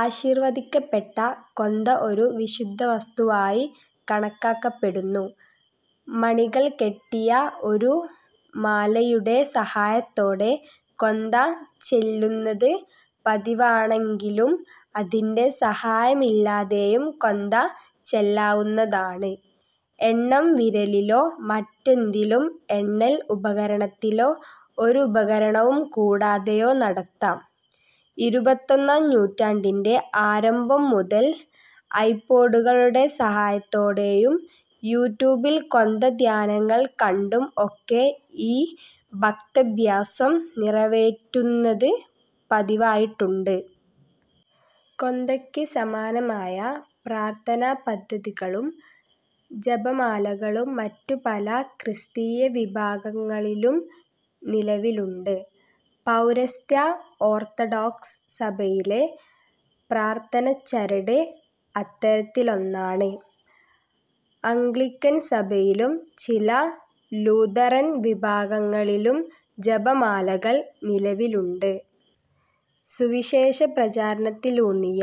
ആശീർവദിക്കപ്പെട്ട കൊന്ത ഒരു വിശുദ്ധവസ്തുവായി കണക്കാക്കപ്പെടുന്നു. മണികൾ കെട്ടിയ ഒരു മാലയുടെ സഹായത്തോടെ കൊന്ത ചൊല്ലുന്നത് പതിവാണെങ്കിലും അതിന്റെ സഹായമില്ലാതെയും കൊന്ത ചൊല്ലാവുന്നതാണ്. എണ്ണം വിരലിലോ, മറ്റേതെങ്കിലും എണ്ണൽ ഉപകരണത്തിലോ ഒരുപകരണവും കൂടാതെയോ നടത്താം. ഇരുപത്തൊന്നാം നൂറ്റാണ്ടിന്റെ ആരംഭം മുതൽ ഐ-പോഡുകളുടെ സഹായത്തോടെയും, യു-ട്യൂബിൽ കൊന്ത ധ്യാനങ്ങൾ കണ്ടും ഒക്കെ ഈ ഭക്ത്യഭ്യാസം നിറവേറ്റുന്നത് പതിവായിട്ടുണ്ട്. കൊന്തയ്ക്ക് സമാനമായ പ്രാർത്ഥനാപദ്ധതികളും ജപമാലകളും മറ്റു പല ക്രിസ്തീയ വിഭാഗങ്ങളിലും നിലവിലുണ്ട്. പൗരസ്ത്യ ഓർത്തഡോക്സ് സഭയിലെ പ്രാർത്ഥനച്ചരട് അത്തരത്തിലൊന്നാണ്. അംഗ്ലിക്കൻ സഭയിലും ചില ലൂഥറൻ വിഭാഗങ്ങളിലും ജപമാലകൾ നിലവിലുണ്ട്. സുവിശേഷപ്രചരണത്തിലൂന്നിയ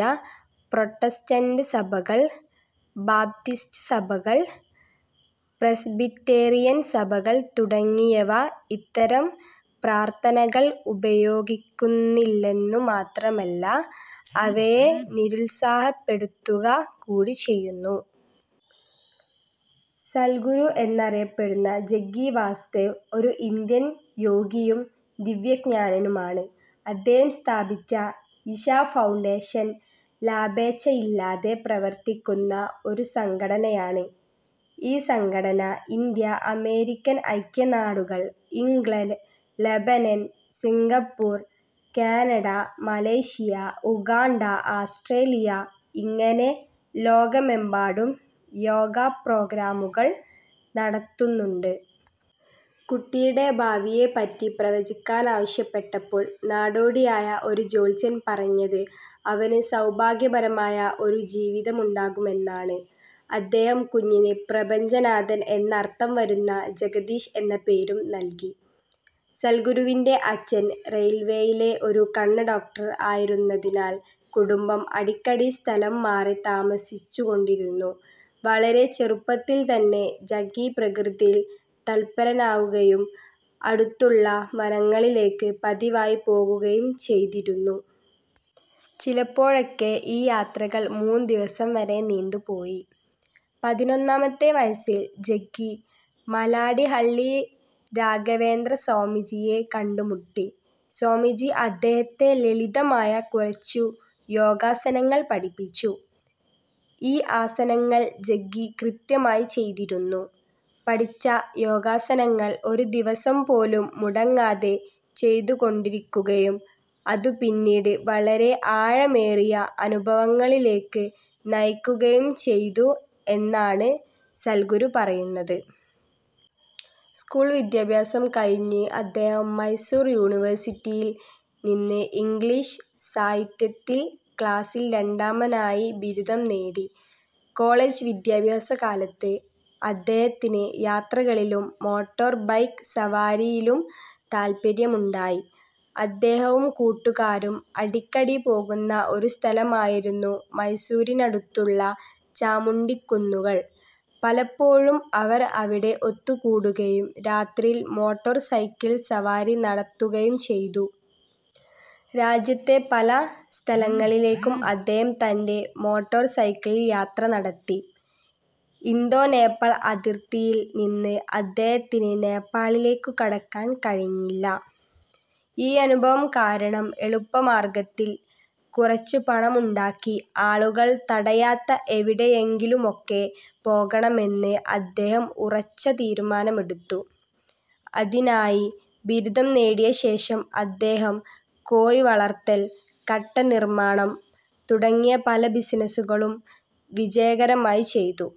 പ്രൊട്ടസ്റ്റന്റ് സഭകൾ, ബാപ്റ്റിസ്റ്റ് സഭകൾ, പ്രെസ്ബിറ്റേറിയൻ സഭകൾ തുടങ്ങിയവ ഇത്തരം പ്രാർത്ഥനകൾ ഉപയോഗിക്കുന്നില്ലെന്നു മാത്രമല്ല അവയെ നിരുത്സാഹപ്പെടുത്തുക കൂടി ചെയ്യുന്നു. സദ്ഗുരു എന്നറിയപ്പെടുന്ന ജഗ്ഗി വാസുദേവ്, ഒരു ഇന്ത്യൻ യോഗിയും ദിവ്യജ്ഞാനിയുമാണ്. അദ്ദേഹം സ്ഥാപിച്ച ഇഷാ ഫൗണ്ടേഷൻ ലാഭേച്ഛയില്ലാതെ പ്രവർത്തിക്കുന്ന ഒരു സംഘടനയാണ്. ഈ സംഘടന ഇന്ത്യ, അമേരിക്കൻ ഐക്യനാടുകൾ, England, Lebanon, Singapore, Canada, Malaysia, Uganda, Australia, ഇങ്ങനെ ലോകമെമ്പാടും യോഗാ പ്രോഗ്രാമുകൾ നടത്തുന്നുണ്ട്. കുട്ടിയുടെ ഭാവിയെപ്പറ്റി പ്രവചിക്കാനാവശ്യപ്പെട്ടപ്പോൾ നാടോടിയായ ഒരു ജ്യോത്സ്യൻ പറഞ്ഞത് അവനു സൗഭാഗ്യകരമായ ഒരു ജീവിതമുണ്ടാകുമെന്നാണ്. അദ്ദേഹം, കുഞ്ഞിന് 'പ്രപഞ്ചനാഥൻ' എന്നർത്ഥം വരുന്ന 'ജഗദീശ്' എന്ന് പേരും നല്കി. സദ്ഗുരുവിന്റെ അച്ഛൻ ഇന്ത്യൻറെയിൽവേയിലെ ഒരു കണ്ണ് ഡോക്ടറായിരുന്നതിനാൽ കുടുംബം അടിക്കടി സ്ഥലം മാറി താമസിച്ചു കൊണ്ടിരുന്നു. വളരെ ചെറുപ്പത്തിൽത്തന്നെ ജഗ്ഗി പ്രകൃതിയിൽ തല്പരനാകുകയും അടുത്തുള്ള വനങ്ങളിലേക്ക് പതിവായി പോകുകയും ചെയ്തിരുന്നു. ചിലപ്പോഴൊക്കെ ഈ യാത്രകൾ മൂന്നു ദിവസം വരെ നീണ്ടു പോയി. പതിനൊന്നാമത്തെ വയസ്സിൽ ജഗ്ഗി മലാഡിഹള്ളി രാഘവേന്ദ്രസ്വാമിജിയെ കണ്ടുമുട്ടി. സ്വാമിജി അദ്ദേഹത്തെ ലളിതമായ കുറച്ചു യോഗാസനങ്ങൾ പഠിപ്പിച്ചു. ഈ ആസനങ്ങൾ ജഗ്ഗി കൃത്യമായി ചെയ്തിരുന്നു. പഠിച്ച യോഗാസനങ്ങൾ ഒരു ദിവസം പോലും മുടങ്ങാതെ ചെയ്തുകൊണ്ടിരിക്കയും, അതു പിന്നീട് വളരെ ആഴമേറിയ അനുഭവങ്ങളിലേക്കു നയിക്കുകയും ചെയ്തു എന്നാണ് സദ്ഗുരു പറയുന്നത്. സ്കൂൾ വിദ്യാഭ്യാസം കഴിഞ്ഞ് അദ്ദേഹം മൈസൂർ യൂണിവേഴ്സിറ്റിയിൽ നിന്ന് ഇംഗ്ളീഷ് സാഹിത്യത്തിൽ ക്ലാസ്സിൽ രണ്ടാമനായി ബിരുദം നേടി. കോളേജ് വിദ്യാഭ്യാസകാലത്ത് അദ്ദേഹത്തിന് യാത്രകളിലും മോട്ടോർ ബൈക്ക് സവാരിയിലും താത്പര്യമുണ്ടായി. അദ്ദേഹവും കൂട്ടുകാരും അടിക്കടി പോകുന്ന ഒരു സ്ഥലമായിരുന്നു മൈസൂറിനടുത്തുള്ള ചാമുണ്ഡിക്കുന്നുകൾ. പലപ്പോഴും അവർ അവിടെ ഒത്തുകൂടുകയും രാത്രിയിൽ മോട്ടോർ സൈക്കിൾ സവാരി നടത്തുകയും ചെയ്തു. രാജ്യത്തെ പല സ്ഥലങ്ങളിലേക്കും അദ്ദേഹം തന്റെ മോട്ടോർ സൈക്കിളിൽ യാത്ര നടത്തി. ഇന്തോ നേപ്പാൾ അതിർത്തിയിൽ നിന്ന് അദ്ദേഹത്തിന് നേപ്പാളിലേക്കു കടക്കാൻ കഴിഞ്ഞില്ല. ഈ അനുഭവം കാരണം എളുപ്പമാർഗ്ഗത്തിൽ കുറച്ചു പണമുണ്ടാക്കി, ആളുകൾ തടയാത്ത എവിടെയെങ്കിലുമൊക്കെ പോകണമെന്ന് അദ്ദേഹം ഉറച്ച തീരുമാനമെടുത്തു. അതിനായി, ബിരുദം നേടിയ ശേഷം, അദ്ദേഹം കോഴി വളർത്തൽ, കട്ടനിർമ്മാണം, തുടങ്ങി പല ബിസിനസ്സും വിജയകരമായി ചെയ്തു.